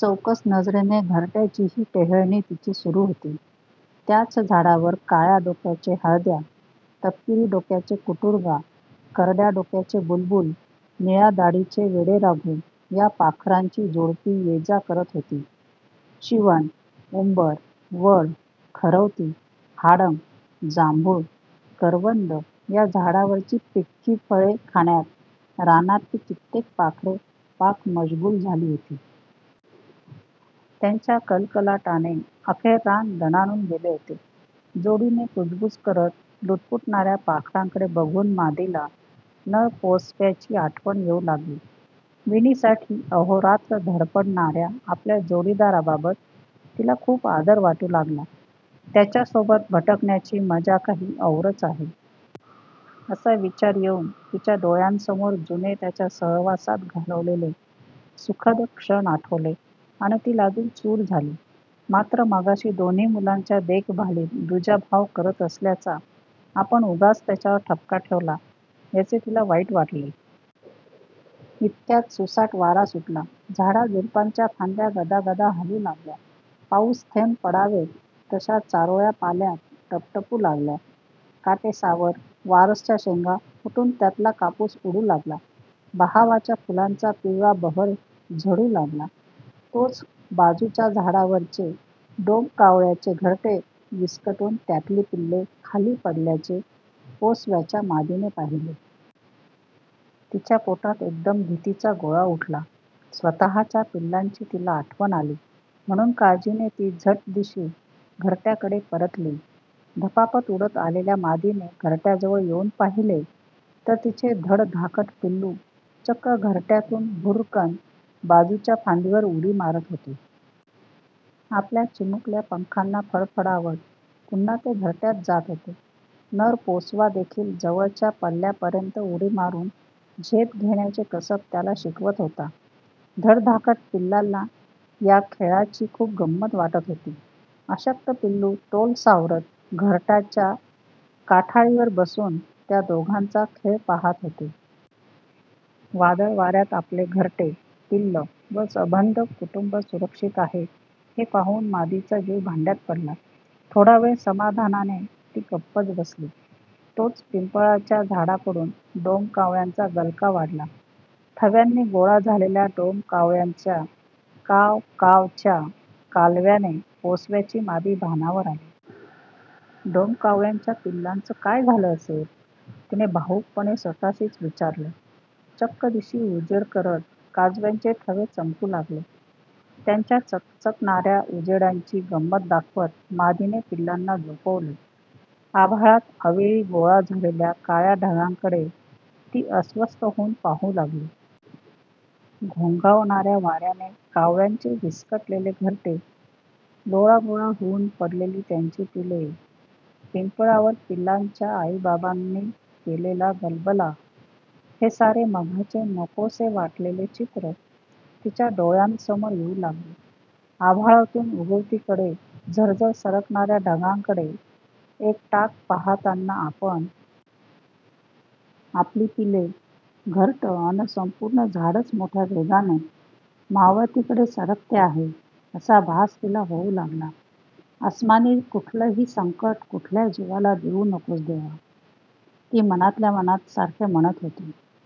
चौकस नजरेने घरट्याचीही टेहळणी तिची सुरू होती. त्याच झाडावर काळ्या डोक्याचे हळद्या, तपकिरी डोक्याचे कुटूरगा, करड्या डोक्याचे बुलबुल, निळ्या दाढीचे वेडेराघू या पाखरांची जोडपी ये-जा करत होती. शिवण, उंबर, वड, खरवती, हाडंग, जांभूळ, करवंद या झाडावरची पिक्की फळे खाण्यात रानांतली कित्येक पाखरे पाक मश्गुल झाली होती. त्यांच्या कलकलाटाने अखेर रान दणाणून गेले होते. जोडीने कुजबुज करत लुटपूटणाऱ्या पाखरांकडे बघून मादीला नर पोसव्याची आठवण येऊ लागली. विणीसाठी अहोरात्र धडपडणाऱ्या आपल्या जोडीदाराबाबत तिला खूप आदर वाटू लागला- 'त्याच्यासोबत भटकण्याची मजा काही औरच आहे.' असा विचार येऊन तिच्या डोळ्यांसमोर जुने त्याच्या सहवागात घालवलेले सुखद क्षण आठवले अन् ती लाजून चूर झाली. मात्र मघाशी दोन्ही मुलांच्या देखभालीत दुजाभाव करत असल्याचा आपण उगाच त्याच्यावर ठपका ठेवला याचे तिला वाईट वाटले. इतक्यात सुसाट वारा सुटला. झाडाझुडपांच्या फांद्या गदागदा हलू लागल्या. पाऊसथेंब पडावेत तशा चारोळ्या पाल्यात टपटपू लागल्या. काटेसावर, वारसच्या शेंगा फुटून त्यातला कापूस उडू लागला. बहावाच्या फुलांचा पिवळा बहर झडू लागला. तोच बाजूच्या झाडावरचे डोमकावळ्याचे घरटे विस्कटून त्यातली पिल्ले खाली पडल्याचे पोसव्याच्या मादीने पाहिले. तिच्या पोटात एकदम भीतीचा गोळा उठला. स्वतःच्या पिलांची तिला आठवण आली, म्हणून काळजीने ती झट्दिशी घरट्याकडे परतली. धपापत उडत आलेल्या मादीने घरट्याजवळ येऊन पाहिले तर तिचे धडधाकट पिलू चक्क घरट्यातून भुर्रकन बाजूच्या फांदीवर उडी मारत होते. आपल्या चिमुकल्या पंखांना फडफडावत पुन्हा ते घरट्यात जात होते. नर पोसवा देखील जवळच्या पल्यापर्यंत उडी मारून झेप घेण्याचे कसब त्याला शिकवत होता. धडधाकट पिलाला या खेळाची खूप गंमत वाटत होती. अशक्त पिलू तोल सावरत घरट्याच्या काठाळीवर बसून त्या दोघांचा खेळ पाहत होते. वादळवाऱ्यात आपले घरटे, पिल्लं व सबंध कुटुंब सुरक्षित आहे हे पाहून मादीचा जीव भांड्यात पडला. थोडावेळ समाधानाने ती गप्पच बसली. तोच पिंपळाच्या झाडाकडून डोमकावळ्यांचा गलका वाढला. थव्यांनी गोळा झालेल्या डोमकावळ्यांच्या काव... काव... च्या कालव्याने पोसव्याची मादी भानावर आली. 'डोमकावळ्यांच्या पिल्लांचं काय झालं असेल?' तिने भावुकपणे स्वतःशीच विचारले. चक्कदिशी उजेड करत काजव्यांचे थवे चमकू लागले. त्यांच्या चकचकणाऱ्या उजेडाची गंमत दाखवत मादीने पिलांना झोपवले. आभाळात अवेळी गोळा झालेल्या काळ्या ढगांकडे ती अस्वस्थ होऊन पाहू लागली. घोंघावणाऱ्या वाऱ्याने कावळ्यांचे विस्कटलेले घरटे.. लोळागोळा होऊन पडलेली त्यांची पिले.. पिंपळावर पिलांच्या आईबाबांनी केलेला गलबला.. हे सारे मघाचे नकोसे वाटलेले चित्र तिच्या डोळ्यांसमोर येऊ लागले. आभाळातून उगवतीकडे झरझर सरकणाऱ्या ढगांकडे एकटाक पाहताना आपण.. आपली पिले... घरटं अन् संपूर्ण झाडच मोठ्या वेगाने मावळतीकडे सरकते आहे असा भास तिला होऊ लागला. 'अस्मानी कुठलंही संकट कुठल्या जीवाला देऊ नकोस देवा!' ती मनातल्या मनात सारखे म्हणत होती.